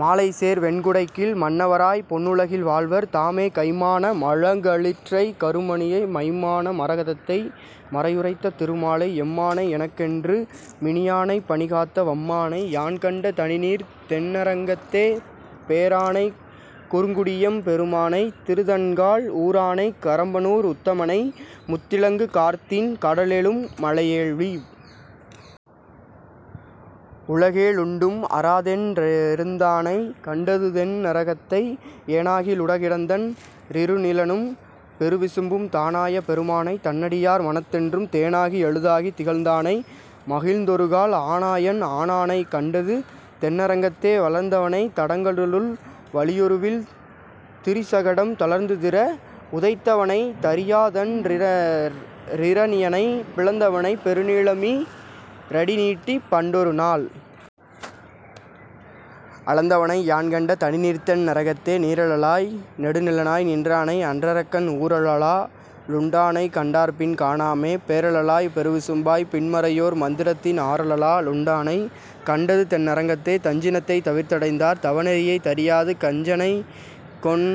மாலைசேர் வெண்குடைக்கீழ் மன்னவராய்ப் பொன்னுலகில் வாழ்வர் தாமே கைம்மான மழகளிற்றைக் கருமணியை, மைம்மான மரகதத்தை மறையுரைத்த திருமாலை, எம்மானை எனக்கென்று மினியானைப் பனிகாத்த வம்மானை, யான்கண்ட தணிநீர்த் தென் னரங்கத்தே பேரானைக் குறுங்குடியெம் பெருமானை, திருதண்கால் ஊரானைக் கரம்பனூர் உத்தமனை, முத்திலங்கு காரார்த்திண் கடலேழும் மலையேழிவ் வுலகேழுண்டும், அராதென் றிருந்தானைக் கண்டதுதென் னரங்கத்தே ஏனாகி யுலகிடந்தன் றிருநிலனும் பெருவிசும்பும், தானாய பெருமானைத் தன்னடியார் மனத்தென்றும் தேனாகி யமுதாகித் திகழ்ந்தானை, மகிழ்ந்தொருகால் ஆனாயன் ஆனானைக் கண்டதுதென் னரங்கத்தே வளர்ந்தவனைத் தடங்கடலுள் வலியுருவில் திரிசகடம், தளர்ந்துதிர வுதைத்தவனைத் தரியாதன் றிரணியனைப் பிளந்தவனை, பெருநிலமீ ரடிநீட்டிப் பண்டொருநாள் அளந்தவனை, யான்கண்ட தணிநீர்த்தென் னரங்கத்தே நீரழலாய் நெடுநிலனாய் நின்றானை, அன்றரக்கன் ஊரழலா லுண்டானைக் கண்டார்பின் காணாமே, பேரழலாய்ப் பெருவிசும்பாய்ப் பின்மறையோர் மந்திரத்தின், ஆரழலா லுண்டானைக் கண்டதுதென் னரங்கத்தே தஞ்சினத்தைத் தவிர்த்தடைந்தார் தவநெறியை, தரியாது கஞ்சனைக்கொன்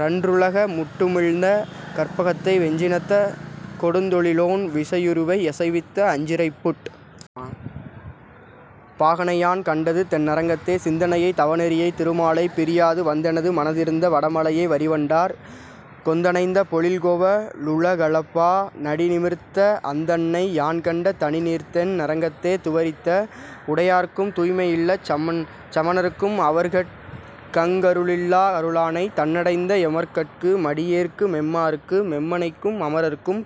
றன்றுலக முண்டுமிழ்ந்த கற்பகத்தை, வெஞ்சினத்த கொடுந்தொழிலோன் விசையுருவை யசைவித்த, அஞ்சிறைப்புட் பாகனையான் கண்டதுதென் னரங்கத்தே சிந்தனையைத் தவநெறியைத் திருமாலை, பிரியாது வந்தெனது மனத்திருந்த வடமலையை, வரிவண்டார் கொந்தணைந்த பொழில்கோவ லுலகளப்பா னடிநிமிர்த்த அந்தணனை, யான்கண்ட தணிநீர்த்தென் னரங்கத்தே துவரித்த வுடையார்க்கும் தூய்மையில்லச் சமணர்க்கும், அவர்கட்கங் கருளில்லா அருளானை, தன்னடைந்த எமர்கட்கு மடியேற்கு மெம்மாற்கு மெம்மனைக்கும், அமரர்க்கும்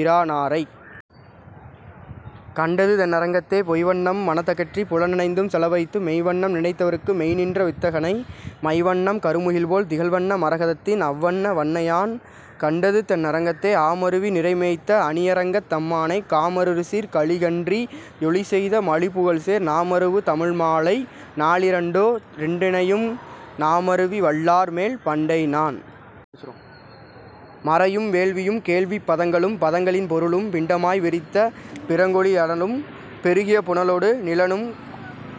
பிரானாரைக் கண்டதுதென் னரங்கத்தே பொய்வண்ணம் மனத்தகற்றிப் புலனைந்தும் செலவைத்து, மெய்வண்ணம் நினைந்தவர்க்கு மெய்ந்நின்ற வித்தகனை, மைவண்ணம் கருமுகில்போல் திகழ்வண்ண மரதகத்தின், அவ்வண்ண வண்ணனையான் கண்டதுதென் னரங்கத்தே ஆமருவி நிரைமேய்த்த அணியரங்கத் தம்மானை, காமருசீர்க் கலிகன்றி யொலிசெய்த மலிபுகழ்சேர் நாமருவு தமிழ்மாலை நாலிரண்டோ டிரண்டினையும், நாமருவி வல்லார்மேல் பண்டைநான் மறையும் வேள்வியும் கேள்விப் பதங்களும் பதங்களின் பொருளும், பிண்டமாய் விரித்த பிறங்கொளி யனலும் பெருகிய புனலொடு நிலனும்,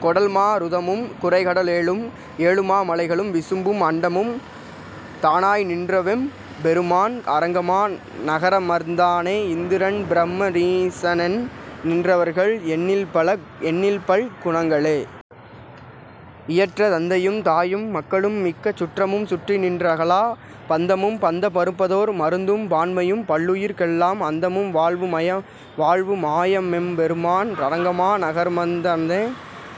கொடல்மா ருதமும் குரைகட லேழும் ஏழுமா மலைகளும் விசும்பும், அண்டமும் தானாய் நின்றவெம் பெருமான் அரங்கமா நகரமர்ந் தானே இந்திரன் பிரம னீசனென் றிவர்கள் எண்ணில்பல் குணங்களே யியற்ற, தந்தையும் தாயும் மக்களும் மிக்க சுற்றமும் சுற்றிநின் றகலாப் பந்தமும், பந்த மறுப்பதோர் மருந்தும் பான்மையும் பல்லுயிர்க் கெல்லாம், அந்தமும் வாழ்வு மாயவெம் பெருமான் அரங்கமா நகரமர்ந் தானே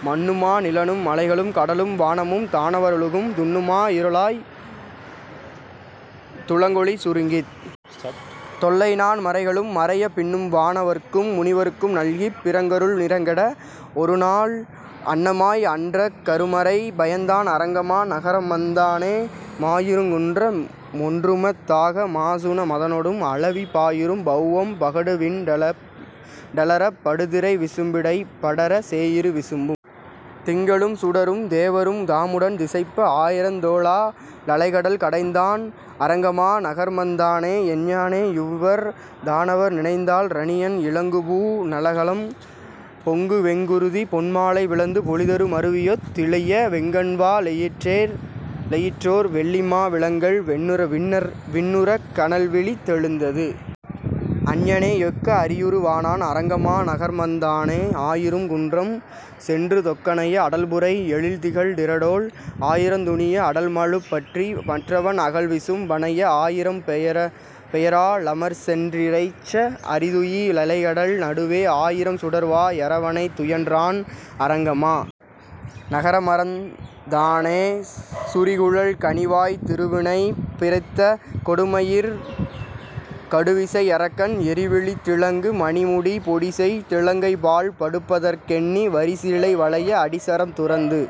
மன்னுமா நிலனும் மலைகளும் கடலும் வானமும் தானவ ருலகும், துன்னுமா யிருளாய்த் துலங்கொளி சுருங்கித் தொல்லைநான் மறைகளும் மறைய, பின்னும்வா னவர்க்கும் முனிவர்க்கும் நல்கிப் பிறங்கிருள் நிறங்கெட, ஒருநாள் அன்னமாய் அன்றங் கருமறை பயந்தான் அரங்கமா நகரமர்ந் தானே மாயிருங் குன்ற மொன்றுமத் தாக மாசுண மதனொடும் அளவி, பாயிரும் பௌவம் பகடுவிண் டலறப் படுதிரை விசும்பிடைப் படர, சேயிரு விசும்பும் திங்களும் சுடரும் தேவரும் தாமுடன் திசைப்ப, ஆயிரந் தோளா லலைகடல் கடைந்தான் அரங்கமா நகரமர்ந் தானே எங்ஙானே யுய்வர் தானவர் நினைந்தால் இரணியன் இலங்குபூ ணகலம், பொங்குவெங் குருதி பொன்மலை பிளந்து பொழிதரு மருவியொத் திழிய, வெங்கண்வா ளெயிற்றோர் வெள்ளிமா விலங்கல் விண்ணுறக் கனல்விழித் தெழுந்தது, அங்ஙனே யொக்க அரியுரு வானான் அரங்கமா நகரமர்ந் தானே ஆயிரும் குன்றம் சென்றுதொக் கனைய அடல்புரை யெழில்திகழ் திரடோள், ஆயிரந் துணிய அடல்மழுப் பற்றி மற்றவன் அகல்விசும் பணைய, ஆயிரம் பெயரா லமர்சென் றிறைஞ்ச அறிதுயி லலைகடல் நடுவே, ஆயிரம் சுடர்வா யரவணைத் துயின்றான் அரங்கமா நகரமர்ந் தானே சுரிகுழல் கனிவாய்த் திருவினைப் பிரித்த கொடுமையிற் கடுவிசை யரக்கன், எரிவிழித் திலங்கு மணிமுடி பொடிசெய் திலங்கைபாழ் படுப்பதற் கெண்ணி, வரிசிலை வளைய அடிசரம் துரந்து